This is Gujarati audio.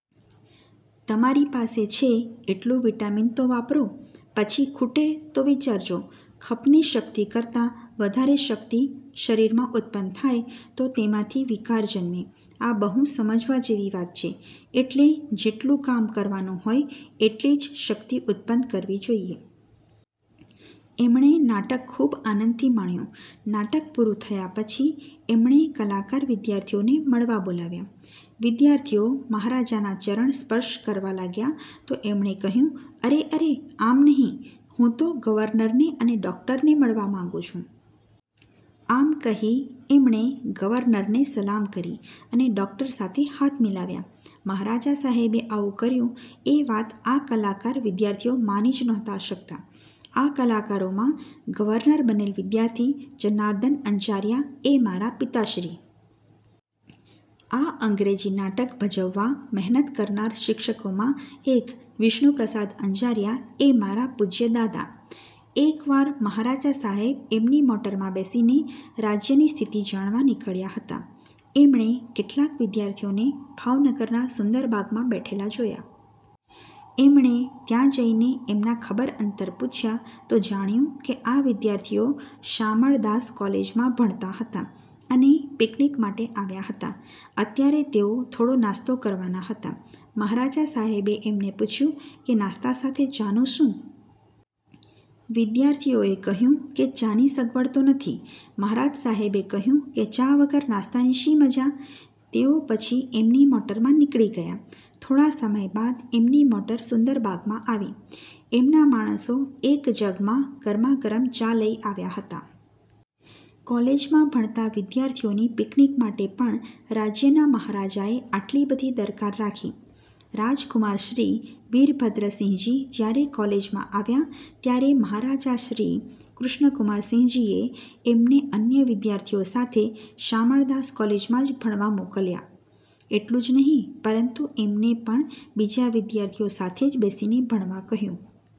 ' 'તમારી પાસે છે એટલું વિટામિન તો વાપરો! – પછી ખૂટે તો વિચારજો. ' ખપની શક્તિ કરતાં વધારે શક્તિ શરીરમાં ઉત્પન્ન થાય તો તેમાંથી વિકાર જન્મે. આ બહુ સમજવા જેવી વાત છે. એટલે જેટલું કામ કરવાનું હોય એટલી જ શક્તિ ઉત્પન્ન કરવી જોઈએ. એમણે નાટક ખુબ આનંદથી માણ્યું. નાટક પૂરું થયા પછી એમણે કલાકાર વિદ્યાર્થીઓને મળવા બોલાવ્યા. વિદ્યાર્થીઓ મહારાજાના ચરણ સ્પર્શ કરવા લાગ્યા તો એમણે કહ્યું, "અરે અરે આમ નહિ. હું તો ગવર્નરને અને ડોક્ટરને મળવા માગું છું. " આમ કહી એમણે ગવર્નરને સલામ કરી અને ડોક્ટર સાથે હાથ મિલાવ્યા. મહારાજા સાહેબે આવું કર્યું એ વાત આ કલાકાર વિદ્યાર્થીઓ માની જ નહોતા શકતા. આ કલાકારોમાં ગવર્નર બનેલ વિદ્યાર્થી જનાર્દન અંજારિયા એ મારા પિતાશ્રી! આ અંગ્રેજી નાટક ભજવવા મહેનત કરનાર શિક્ષકોમાં એક વિષ્ણુપ્રસાદ અંજારિયા એ મારા પૂજ્ય દાદા! એક વાર મહારાજા સાહેબ એમની મોટરમાં બેસીને રાજ્યની સ્થિતિ જાણવા નીકળ્યા હતા. એમણે કેટલાક વિદ્યાર્થીઓને ભાવનગરના સુંદરબાગમાં બેઠેલા જોયા. એમણે ત્યાં જઈને એમના ખબર અંતર પૂછ્યા તો જાણ્યું કે આ વિદ્યાર્થીઓ શામળદાસ કોલેજમાં ભણતા હતા અને પીકનીક માટે આવ્યા હતા. અત્યારે તેઓ થોડો નાસ્તો કરવાના હતા. મહારાજા સાહેબે એમને પૂછ્યું કે નાસ્તા સાથે ચાનું શું? વિદ્યાર્થીઓએ કહ્યું કે ચાની સગવડ તો નથી. મહારાજ સાહેબે કહ્યું કે, "ચા વગર નાસ્તાની શી મજા? " તેઓ પછી એમની મોટરમાં નીકળી ગયા. થોડા સમય બાદ એમની મોટર સુંદરબાગમાં આવી. એમના માણસો એક જગમાં ગરમા ગરમ ચા લઇ આવ્યા હતા! કોલેજમાં ભણતા વિદ્યાર્થીઓની પીકનીક માટે પણ રાજ્યના મહારાજાએ આટલી બધી દરકાર રાખી! રાજકુમાર શ્રી. વીરભદ્રસિંહજી જયારે કોલેજમાં આવ્યા ત્યારે મહારાજા શ્રી. કૃષ્ણકુમારસિંહજીએ એમને અન્ય વિદ્યાર્થીઓ સાથે શામળદાસ કોલેજમાં જ ભણવા મોકલ્યા. એટલું જ નહિ પરંતુ એમને પણ બીજા વિદ્યાર્થીઓ સાથે જ બેસીને ભણવા કહ્યું.